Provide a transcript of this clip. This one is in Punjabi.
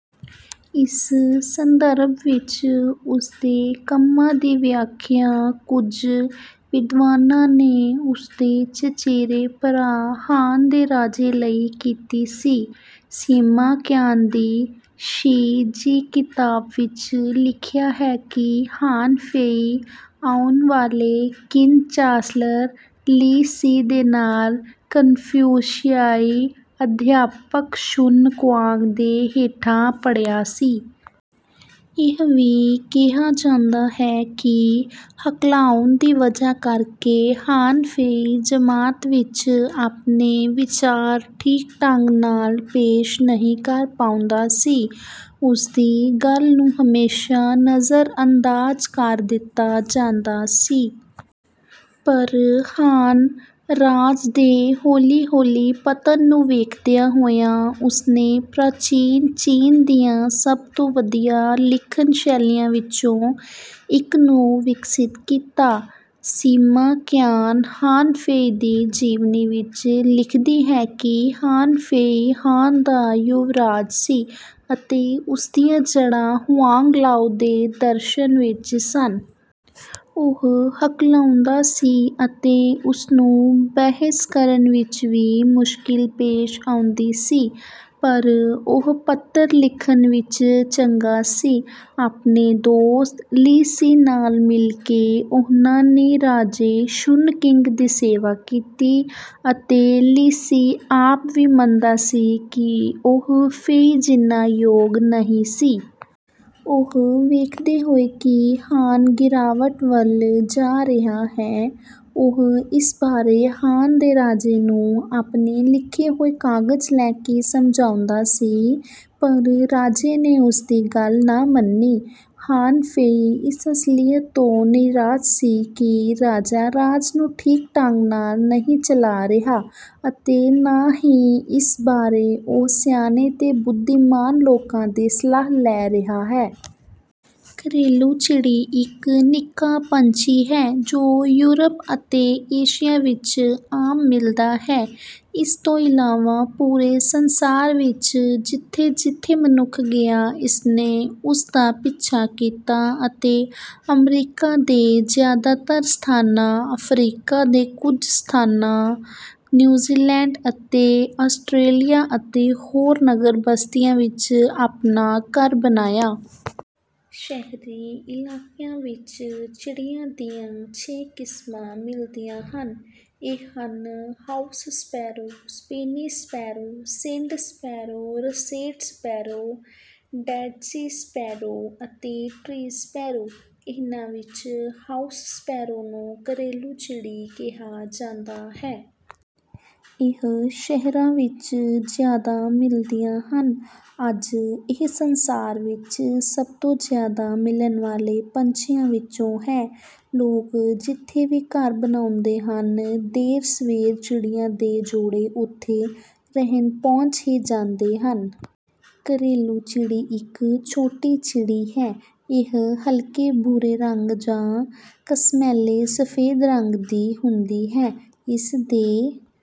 ਇਸ ਸੰਦਰਭ ਵਿੱਚ ਉਸਦੇ ਕੰਮਾਂ ਦੀ ਵਿਆਖਿਆ ਕੁਝ ਵਿਦਵਾਨਾਂ ਨੇ ਉਸਦੇ ਚਚੇਰੇ ਭਰਾ ਹਾਨ ਦੇ ਰਾਜੇ ਲਈ ਕੀਤੀ ਸੀ। ਸਿਮਾ ਕਿਆਨ ਦੀ ਸ਼ੀ ਜੀ ਕਿਤਾਬ ਵਿੱਚ ਲਿਖਿਆ ਹੈ ਕਿ ਹਾਨ ਫ਼ੇਈ ਆਉਣ ਵਾਲੇ ਕਿਨ ਚਾਂਸਲਰ ਲੀ ਸੀ ਦੇ ਨਾਲ ਕਨਫਿਊਸ਼ਿਆਈ ਅਧਿਆਪਕ ਸ਼ੁਨ ਕੁਆਂਗ ਦੇ ਹੇਠਾਂ ਪੜ੍ਹਿਆ ਸੀ। ਇਹ ਵੀ ਕਿਹਾ ਜਾਂਦਾ ਹੈ ਕਿ ਹਕਲਾਉਣ ਦੀ ਵਜ੍ਹਾ ਕਰਕੇ ਹਾਨ ਫ਼ੇਈ ਜਮਾਤ ਵਿੱਚ ਆਪਣੇ ਵਿਚਾਰ ਠੀਕ ਢੰਗ ਨਾਲ ਪੇਸ਼ ਨਹੀਂ ਕਰ ਪਾਉਂਦਾ ਸੀ। ਉਸਦੀ ਗੱਲ ਨੂੰ ਹਮੇਸ਼ਾ ਨਜ਼ਰ-ਅੰਦਾਜ਼ ਕਰ ਦਿੱਤਾ ਜਾਂਦਾ ਸੀ। ਪਰ ਹਾਨ ਰਾਜ ਦੇ ਹੌਲੀ-ਹੌਲੀ ਪਤਨ ਨੂੰ ਵੇਖਦਿਆਂ ਹੋਇਆਂ ਉਸਨੇ ਪ੍ਰਾਚੀਨ ਚੀਨ ਦੀਆਂ ਸਭ ਤੋਂ ਵਧੀਆ ਲਿਖਣ ਸ਼ੈਲੀਆਂ ਵਿੱਚੋਂ ਇੱਕ ਨੂੰ ਵਿਕਸਿਤ ਕੀਤਾ। ਸਿਮਾ ਕਿਆਨ ਹਾਨ ਫ਼ੇਈ ਦੀ ਜੀਵਨੀ ਵਿੱਚ ਲਿਖਦੀ ਹੈ ਕਿ ਹਾਨ ਫ਼ੇਈ ਹਾਨ ਦਾ ਯੁਵਰਾਜ ਸੀ ਅਤੇ ਉਸਦੀਆਂ ਜੜ੍ਹਾਂ ਹੁਆਂਗ-ਲਾਓ ਦੇ ਦਰਸ਼ਨ ਵਿੱਚ ਸਨ। ਉਹ ਹਕਲਾਉਂਦਾ ਸੀ ਅਤੇ ਉਸਨੂੰ ਬਹਿਸ ਕਰਨ ਵਿੱਚ ਵੀ ਮੁਸ਼ਕਿਲ ਪੇਸ਼ ਆਉਂਦੀ ਸੀ ਪਰ ਉਹ ਪੱਤਰ ਲਿਖਣ ਵਿੱਚ ਚੰਗਾ ਸੀ। ਆਪਣੇ ਦੋਸਤ ਲੀ ਸੀ ਨਾਲ ਮਿਲ ਕੇ ਉਹਨਾਂ ਨੇ ਰਾਜੇ ਸ਼ੁਨ ਕਿੰਗ ਦੀ ਸੇਵਾ ਕੀਤੀ ਅਤੇ ਲੀ ਸੀ ਆਪ ਵੀ ਮੰਨਦਾ ਸੀ ਕਿ ਉਹ ਫ਼ੇਈ ਜਿੰਨਾ ਯੋਗ ਨਹੀਂ ਸੀ। ਉਹ ਵੇਖਦੇ ਹੋਏ ਕਿ ਹਾਨ ਗਿਰਾਵਟ ਵੱਲ ਜਾ ਰਿਹਾ ਹੈ ਉਹ ਇਸ ਬਾਰੇ ਹਾਨ ਦੇ ਰਾਜੇ ਨੂੰ ਆਪਣੇ ਲਿਖੇ ਹੋਏ ਕਾਗਜ਼ ਲੈ ਕੇ ਸਮਝਾਉਂਦਾ ਸੀ ਪਰ ਰਾਜੇ ਨੇ ਉਸਦੀ ਗੱਲ ਨਾ ਮੰਨੀ। ਹਾਨ ਫ਼ੇਈ ਇਸ ਅਸਲੀਅਤ ਤੋਂ ਨਿਰਾਸ਼ ਸੀ ਕਿ ਰਾਜਾ ਰਾਜ ਨੂੰ ਠੀਕ ਢੰਗ ਨਾਲ ਨਹੀਂ ਚਲਾ ਰਿਹਾ ਅਤੇ ਨਾ ਹੀ ਇਸ ਬਾਰੇ ਉਹ ਸਿਆਣੇ ਤੇ ਬੁੱਧੀਮਾਨ ਲੋਕਾਂ ਦੀ ਸਲਾਹ ਲੈ ਰਿਹਾ ਹੈ। ਘਰੇਲੂ ਚਿੜੀ ਇੱਕ ਨਿੱਕਾ ਪੰਛੀ ਹੈ ਜੋ ਯੂਰਪ ਅਤੇ ਏਸ਼ੀਆ ਵਿੱਚ ਆਮ ਮਿਲਦਾ ਹੈ। ਇਸ ਤੋਂ ਇਲਾਵਾ ਪੂਰੇ ਸੰਸਾਰ ਵਿੱਚ ਜਿੱਥੇ ਜਿੱਥੇ ਮਨੁੱਖ ਗਿਆ ਇਸਨੇ ਉਸ ਦਾ ਪਿੱਛਾ ਕੀਤਾ ਅਤੇ ਅਮਰੀਕਾ ਦੇ ਜਿਆਦਾਤਰ ਸਥਾਨਾਂ ਅਫਰੀਕਾ ਦੇ ਕੁਝ ਸਥਾਨਾਂ ਨਿਊਜ਼ੀਲੈਂਡ ਅਤੇ ਆਸਟਰੇਲੀਆ ਅਤੇ ਹੋਰ ਨਗਰ ਬਸਤੀਆਂ ਵਿੱਚ ਆਪਣਾ ਘਰ ਬਣਾਇਆ। ਸ਼ਹਿਰੀ ਇਲਾਕਿਆਂ ਵਿੱਚ ਚਿੜੀਆਂ ਦੀਆਂ ਛੇ ਕਿਸਮਾਂ ਮਿਲਦੀਆਂ ਹਨ। ਇਹ ਹਨ ਹਾਊਸ ਸਪੈਰੋ ਸਪੇਨੀ sparrow Sind sparrow russet sparrow Dead Sea sparrow ਅਤੇ ਟਰੀ ਸਪੈਰੋ। ਇਹਨਾਂ ਵਿੱਚ ਹਾਊਸ ਸਪੈਰੋ ਨੂੰ ਘਰੇਲੂ ਚਿੜੀ ਕਿਹਾ ਜਾਂਦਾ ਹੈ। ਇਹ ਸ਼ਹਿਰਾਂ ਵਿੱਚ ਜ਼ਿਆਦਾ ਮਿਲਦੀਆਂ ਹਨ। ਅੱਜ ਇਹ ਸੰਸਾਰ ਵਿੱਚ ਸਭ ਤੋਂ ਜਿਆਦਾ ਮਿਲਣ ਵਾਲੇ ਪੰਛੀਆਂ ਵਿੱਚੋਂ ਹੈ। ਲੋਕ ਜਿੱਥੇ ਵੀ ਘਰ ਬਣਾਉਂਦੇ ਹਨ ਦੇਰ ਸਵੇਰ ਚਿੜੀਆਂ ਦੇ ਜੋੜੇ ਉੱਥੇ ਰਹਿਣ ਪਹੁੰਚ ਹੀ ਜਾਂਦੇ ਹਨ। ਘਰੇਲੂ ਚਿੜੀ ਇੱਕ ਛੋਟੀ ਚਿੜੀ ਹੈ। ਇਹ ਹਲਕੇ ਭੂਰੇ ਰੰਗ ਜਾਂ ਘਸਮੈਲੇ ਸਫ਼ੈਦ ਰੰਗ ਦੀ ਹੁੰਦੀ ਹੈ। ਇਸ ਦੇ